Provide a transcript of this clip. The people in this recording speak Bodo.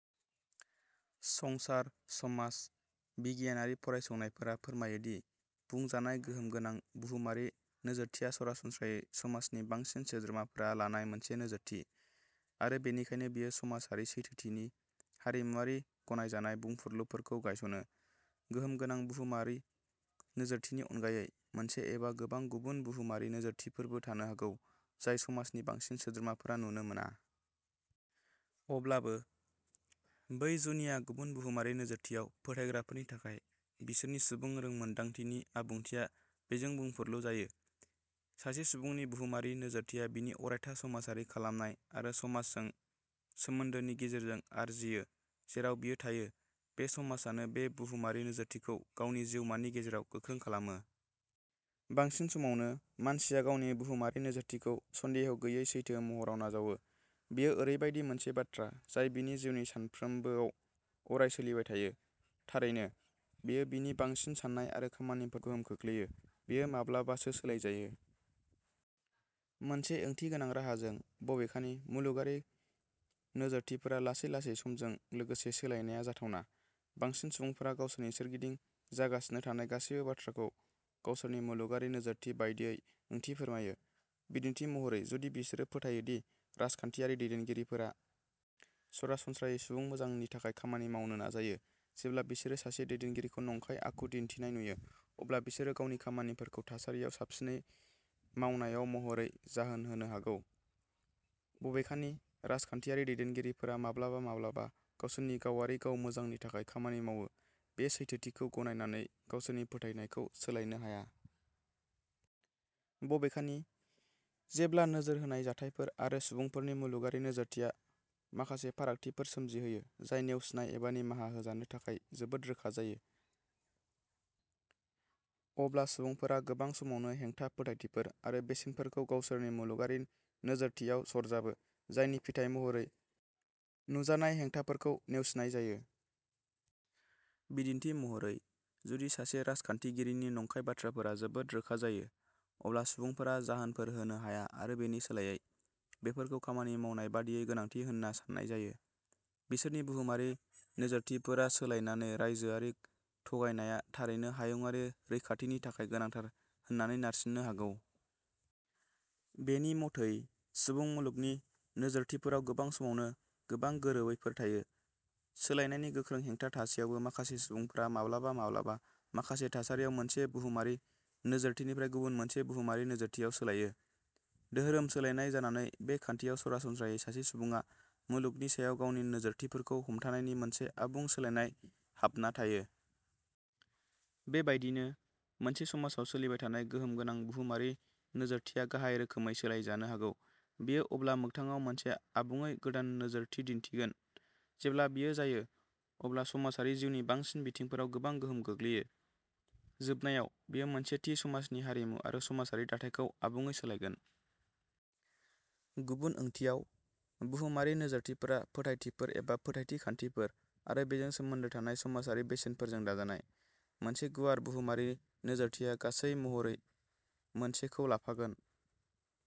संसार, समाज बिगियानारि फरायसंनायफोरा फोरमायो दि बुंजानाय गोहोम गोनां बुहुमारि नोजोरथिया सरासनस्रायै समाजनि बांसिन सोद्रोमाफोरा लानाय मोनसे नोजोरथि, आरो बेनिखायनो बेयो समाजारि सैथोथिनि हारिमुआरि गनायजानाय बुंफुरलुफोरखौ गायसनो। गोहोम गोनां बुहुमारि नोजोरथिनि अनगायै, मोनसे एबा गोबां गुबुन बुहुमारि नोजोरथिफोरबो थानो हागौ, जाय समाजनि बांसिन सोद्रोमाफोरा नुनो मोना। अब्लाबो, बै जुनिया गुबुन बुहुमारि नोजोरथियाव फोथायग्राफोरनि थाखाय, बिसोरनि सुबुं रोंमोन्दांथिनि आबुंथिया बेजों बुंफुरलु जायो। सासे सुबुंनि बुहुमारि नोजोरथिया बिनि अरायथा समाजआरि खालामनाय आरो समाजजों सोमोनदोनि गेजेरजों आरजियो जेराव बियो थायो। बे समाजानो बे बुहुमारि नोजोरथिखौ गावनि जिउमानि गेजेराव गोख्रों खालामो। बांसिन समावनो, मानसिया गावनि बुहुमारि नोजोरथिखौ सन्देह गैयै सैथो महरै नाजावो। बेयो ओरैबायदि मोनसे बाथ्रा जाय बिनि जिउनि सानफ्रोमबोआव अराय-सोलिबाय थायो। थारैनो, बेयो बिनि बांसिन साननाय आरो खामानिफोरखौ गोहोम खोख्लैयो। बेयो माब्लाबासो सोलायजायो। मोनसे ओंथिगोनां राहाजों। बबेखानि, मुलुगारि नोजोरथिफोरा लासै-लासै समजों लोगोसे सोलायनाया जाथावना। बांसिन सुबुंफोरा गावसोरनि सोरगिदिं जागासिनो थानाय गासैबो बाथ्राखौ गावसोरनि मुलुगारि नोजोरथि बायदियै ओंथि फोरमायो। बिदिन्थि महरै, जुदि बिसोरो फोथायो दि राजखान्थियारि दैदेनगिरिफोरा सरासनस्रायै सुबुं मोजांनि थाखाय खामानि मावनो नाजायो, जेब्ला बिसोरो सासे दैदेनगिरिखौ नंखाय आखु दिन्थिनाय नुयो, अब्ला बिसोरो गावनि खामानिफोरखौ थासारियाव साबसिनै मावनाय'महरै जाहोन होनो हागौ, बबेखानि राजखान्थियारि दैदेनगिरिफोरा माब्लाबा-माब्लाबा गावसोरनि गावारि गाव मोजांनि थाखाय खामानि मावो बे सैथोथिखौ गनायनानै गावसोरनि फोथायनायखौ सोलायनो हाया। बबेखानि, जेब्ला नोजोर होनाय जाथायफोर आरो सुबुंफोरनि मुलुगारि नोजोरथिया माखासे फारागथिफोर सोमजिहोयो जाय नेवसिनाय एबा निमाहा होजानो थाखाय जोबोद रोखा जायो, अब्ला सुबुंफोरा गोबां समावनो हेंथा फोथायथिफोर आरो बेसेनफोरखौ गावसोरनि मुलुगारि नोजोरथियाव सरजाबो जायनि फिथाय महरै नुजानाय हेंथाफोरखौ नेवसिनाय जायो। बिदिन्थि महरै, जुदि सासे राजखान्थिगिरिनि नंखाय बाथ्राफोरा जोबोद रोखा जायो, अब्ला सुबुंफोरा जाहोनफोर होनो हाया आरो बेनि सोलायै। बेफोरखौ खामानि मावनाय बादियै गोनांथि होन्ना सान्नाय जायो। बिसोरनि बुहुमारि नोजोरथिफोरा सोलायनानै राइजोआरि थगायनाया थारैनो'हायुंआरि रैखाथि'नि थाखाय गोनांथार होननानै नारसिननो हागौ। बेनि मथै सुबुं मुलुगनि नोजोरथिफोराव गोबां समावनो गोबां गोरोबैफोर थायो। सोलायनायनि गोख्रों हेंथा थासेयावबो माखासे सुबुंफोरा माब्लाबा माब्लाबा माखासे थासारियाव मोनसे बुहुमारि नोजोरथिनिफ्राय गुबुन मोनसे बुहुमारि नोजोरथियाव सोलायो।'धोरोम सोलायनाय जानानै बे खान्थियाव सरासनस्रायै सासे सुबुङा मुलुगनि सायाव गावनि नोजोरथिफोरखौ हमथानायनि मोनसे आबुं सोलायनाय हाबना थायो। बेबायदिनो मोनसे समाजाव सोलिबाय थानाय गोहोम गोनां बुहुमारि नोजोरथिया गाहाय रोखोमै सोलायजानो हागौ। बेयो अब्ला मोगथाङाव मोनसे आबुङै गोदान नोजोरथि दिन्थिगोन। जेब्ला बेयो जायो, अब्ला समाजारि जिउनि बांसिन बिथिंफोराव गोबां गोहोम गोग्लैयो। जोबनायाव, बेयो मोनसे थि समाजनि हारिमु आरो समाजारि दाथायखौ आबुङै सोलायगोन। गुबुन ओंथियाव, बुहुमारि नोजोरथिफोरा फोथायथिफोर एबा फोथायथि खान्थिफोर आरो बेजों सोमोन्दो थानाय समाजारि बेसेनफोरजों दाजानाय। मोनसे गुवार बुहुमारि नोजोरथिया, गासै महरै मोनसेखौ लाफागोन।